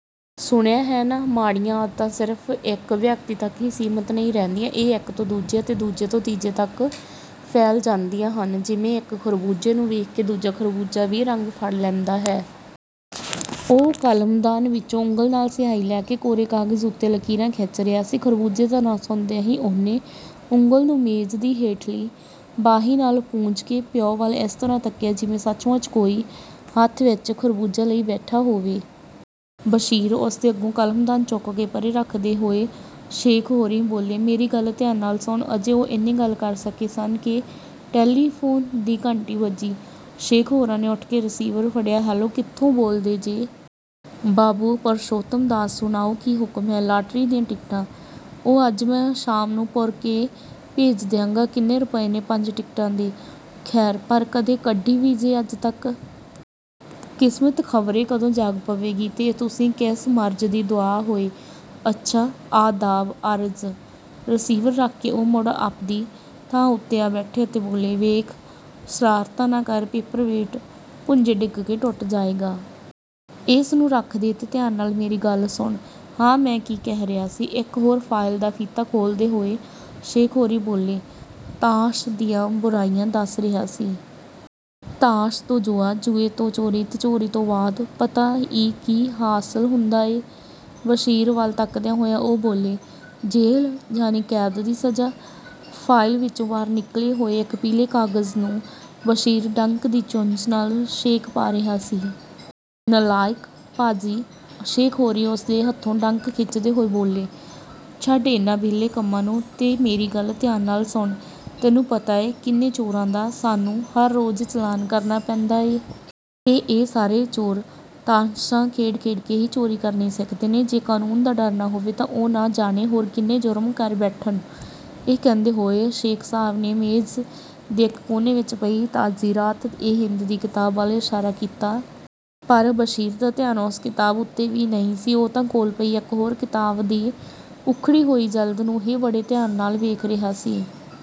"ਸੁਣਿਆ ਹੈ ਨਾ? ਮਾੜੀਆਂ ਆਦਤਾਂ ਸਿਰਫ਼ ਇੱਕ ਵਿਅਕਤੀ ਤੱਕ ਹੀ ਸੀਮਤ ਨਹੀਂ ਰਹਿੰਦੀਆਂ। ਇਹ ਇੱਕ ਤੋਂ ਦੂਜੇ ਅਤੇ ਦੂਜੇ ਤੋਂ ਤੀਜੇ ਤੱਕ ਫੈਲ ਜਾਂਦੀਆਂ ਹਨ, ਜਿਵੇਂ ਇੱਕ ਖ਼ਰਬੂਜ਼ੇ ਨੂੰ ਵੇਖ ਕੇ ਦੂਜਾ ਵੀ ਰੰਗ ਫੜ ਲੈਂਦਾ ਹੈ।" ਉਹ ਕਲਮਦਾਨ ਵਿੱਚੋਂ ਉਂਗਲ ਨਾਲ ਸਿਆਹੀ ਲੈ ਕੇ ਕੋਰੇ ਕਾਗਜ਼ ਉੱਤੇ ਲਕੀਰਾਂ ਖਿੱਚ ਰਿਹਾ ਸੀ। ਖ਼ਰਬੂਜ਼ੇ ਦਾ ਨਾਂ ਸੁਣਦਿਆਂ ਹੀ ਉਹਨੇ ਉਂਗਲ ਨੂੰ ਮੇਜ਼ ਦੀ ਹੇਠਲੀ ਬਾਹੀ ਨਾਲ ਪੂੰਝ ਕੇ ਪਿਉ ਵੱਲ ਇਸ ਤਰ੍ਹਾਂ ਤੱਕਿਆ, ਜਿਵੇਂ ਸੱਚ-ਮੁੱਚ ਕੋਈ ਹੱਥ ਵਿਚ ਖ਼ਰਬੂਜ਼ਾ ਲਈ ਬੈਠਾ ਹੋਵੇ। "ਬਸ਼ੀਰ! " ਉਸ ਦੇ ਅਗੋਂ ਕਲਮਦਾਨ ਚੁੱਕ ਕੇ ਪਰੇ ਰੱਖਦੇ ਹੋਏ ਸ਼ੇਖ ਹੋਰੀਂ ਬੋਲੇ, "ਮੇਰੀ ਗੱਲ ਧਿਆਨ ਨਾਲ ਸੁਣ।" ਅਜੇ ਉਹ ਏਨੀ ਗੱਲ ਕਰ ਸਕੇ ਸਨ ਕਿ ਟੈਲੀਫ਼ੂਨ ਦੀ ਘੰਟੀ ਵੱਜੀ। ਸ਼ੇਖ ਹੋਰਾਂ ਨੇ ਉੱਠ ਕੇ ਰਿਸੀਵਰ ਫੜਿਆ, "ਹੈਲੋ, ਕਿਥੋਂ ਬੋਲਦੇ ਜੇ? ਬਾਬੂ ਪਰਸ਼ੋਤਮ ਦਾਸ, ਸੁਣਾਓ ਕੀ ਹੁਕਮ ਹੈ? ਲਾਟਰੀ ਦੀਆਂ ਟਿਕਟਾਂ। ਉਹ ਅੱਜ ਮੈਂ ਸ਼ਾਮ ਨੂੰ ਪੁਰ ਕਰ ਕੇ ਭੇਜ ਦਿਆਂਗਾ। ਕਿੰਨੇ ਰੁਪਏ ਨੇ ਪੰਜ ਟਿਕਟਾਂ ਦੇ? ਖ਼ੈਰ, ਪਰ ਕਦੇ ਕੱਢੀ ਵੀ ਜੇ ਅੱਜ ਤੱਕ? ਕਿਸਮਤ ਖ਼ਬਰੇ ਕਦੋਂ ਜਾਗ ਪਵੇਗੀ। ਤੇ ਤੁਸੀਂ ਕਿਸ ਮਰਜ਼ ਦੀ ਦੁਆ ਹੋਏ। ਅੱਛਾ, ਆਦਾਬ-ਅਰਜ਼। ਰਿਸੀਵਰ ਰੱਖ ਕੇ ਉਹ ਮੁੜ ਆਪਦੀ ਥਾਂ ਉੱਤੇ ਆ ਬੈਠੇ ਅਤੇ ਬੋਲੇ, "ਵੇਖ ਸ਼ਰਾਰਤਾਂ ਨਾ ਕਰ, ਪੇਪਰ-ਵੇਟ ਭੁੰਜੇ ਡਿੱਗ ਕੇ ਟੁੱਟ ਜਾਏਗਾ। ਏਸ ਨੂੰ ਰੱਖ ਦੇ ਤੇ ਧਿਆਨ ਨਾਲ ਮੇਰੀ ਗੱਲ ਸੁਣ। ਹਾਂ, ਮੈਂ ਕੀ ਕਹਿ ਰਿਹਾ ਸੀ? " ਇੱਕ ਹੋਰ ਫਾਈਲ ਦਾ ਫੀਤਾ ਖੋਲ੍ਹਦੇ ਹੋਏ ਸ਼ੇਖ ਹੋਰੀਂ ਬੋਲੇ, "ਤਾਸ਼ ਦੀਆਂ ਬੁਰਾਈਆਂ ਦੱਸ ਰਿਹਾ ਸੀ। ਤਾਸ਼ ਤੋਂ ਜੂਆ, ਜੂਏ ਤੋਂ ਚੋਰੀ, ਤੇ ਚੋਰੀ ਤੋਂ ਬਾਅਦ, ਪਤਾ ਈ ਕੀ ਹਾਸਲ ਹੁੰਦਾ ਏ? " ਬਸ਼ੀਰ ਵੱਲ ਤੱਕਦਿਆਂ ਹੋਇਆਂ ਉਹ ਬੋਲੇ, "ਜੇਲ੍ਹ, ਯਾਨੀ ਕੈਦ ਦੀ ਸਜ਼ਾ।" ਫਾਈਲ ਵਿਚੋਂ ਬਾਹਰ ਨਿਕਲੇ ਹੋਏ ਇੱਕ ਪੀਲੇ ਕਾਗਜ਼ ਨੂੰ ਬਸ਼ੀਰ ਡੰਕ ਦੀ ਚੁੰਝ ਨਾਲ ਛੇਕ ਪਾ ਰਿਹਾ ਸੀ। "ਨਾਲਾਇਕ, ਪਾਜੀ", ਸ਼ੇਖ ਹੋਰੀਂ ਉਸ ਦੇ ਹੱਥੋਂ ਡੰਕ ਖਿੱਚਦੇ ਹੋਏ ਬੋਲੇ, "ਛੱਡ ਇਨ੍ਹਾਂ ਵਿਹਲੇ ਕੰਮਾਂ ਨੂੰ ਤੇ ਮੇਰੀ ਗੱਲ ਧਿਆਨ ਨਾਲ ਸੁਣ। ਤੈਨੂੰ ਪਤਾ ਏ, ਕਿੰਨੇ ਚੋਰਾਂ ਦਾ ਸਾਨੂੰ ਹਰ ਰੋਜ਼ ਚਲਾਨ ਕਰਨਾ ਪੈਂਦਾ ਏ? ਤੇ ਇਹ ਸਾਰੇ ਚੋਰ ਤਾਸ਼ਾਂ ਖੇਡ-ਖੇਡ ਕੇ ਹੀ ਚੋਰੀ ਕਰਨੀ ਸਿੱਖਦੇ ਨੇ। ਜੇ ਕਾਨੂੰਨ ਦਾ ਡਰ ਨਾ ਹੋਵੇ, ਤਾਂ ਉਹ ਨਾ ਜਾਣੇ ਹੋਰ ਕਿੰਨੇ ਜੁਰਮ ਕਰ ਬੈਠਣ।" ਇਹ ਕਹਿੰਦੇ ਹੋਏ ਸ਼ੇਖ਼ ਸਾਹਿਬ ਨੇ ਮੇਜ਼ ਦੇ ਇੱਕ ਕੋਨੇ ਵਿੱਚ ਪਈ 'ਤਾਜ਼ੀਰਾਤ-ਏ-ਹਿੰਦ' ਦੀ ਕਿਤਾਬ ਵੱਲ ਇਸ਼ਾਰਾ ਕੀਤਾ। ਪਰ ਬਸ਼ੀਰ ਦਾ ਧਿਆਨ ਉਸ ਕਿਤਾਬ ਉੱਤੇ ਵੀ ਨਹੀਂ ਸੀ। ਉਹ ਤਾਂ ਕੋਲ ਪਈ ਇੱਕ ਹੋਰ ਕਿਤਾਬ ਦੀ ਉੱਖੜੀ ਹੋਈ ਜਿਲਦ ਨੂੰ ਹੀ ਬੜੇ ਧਿਆਨ ਨਾਲ ਵੇਖ ਰਿਹਾ ਸੀ।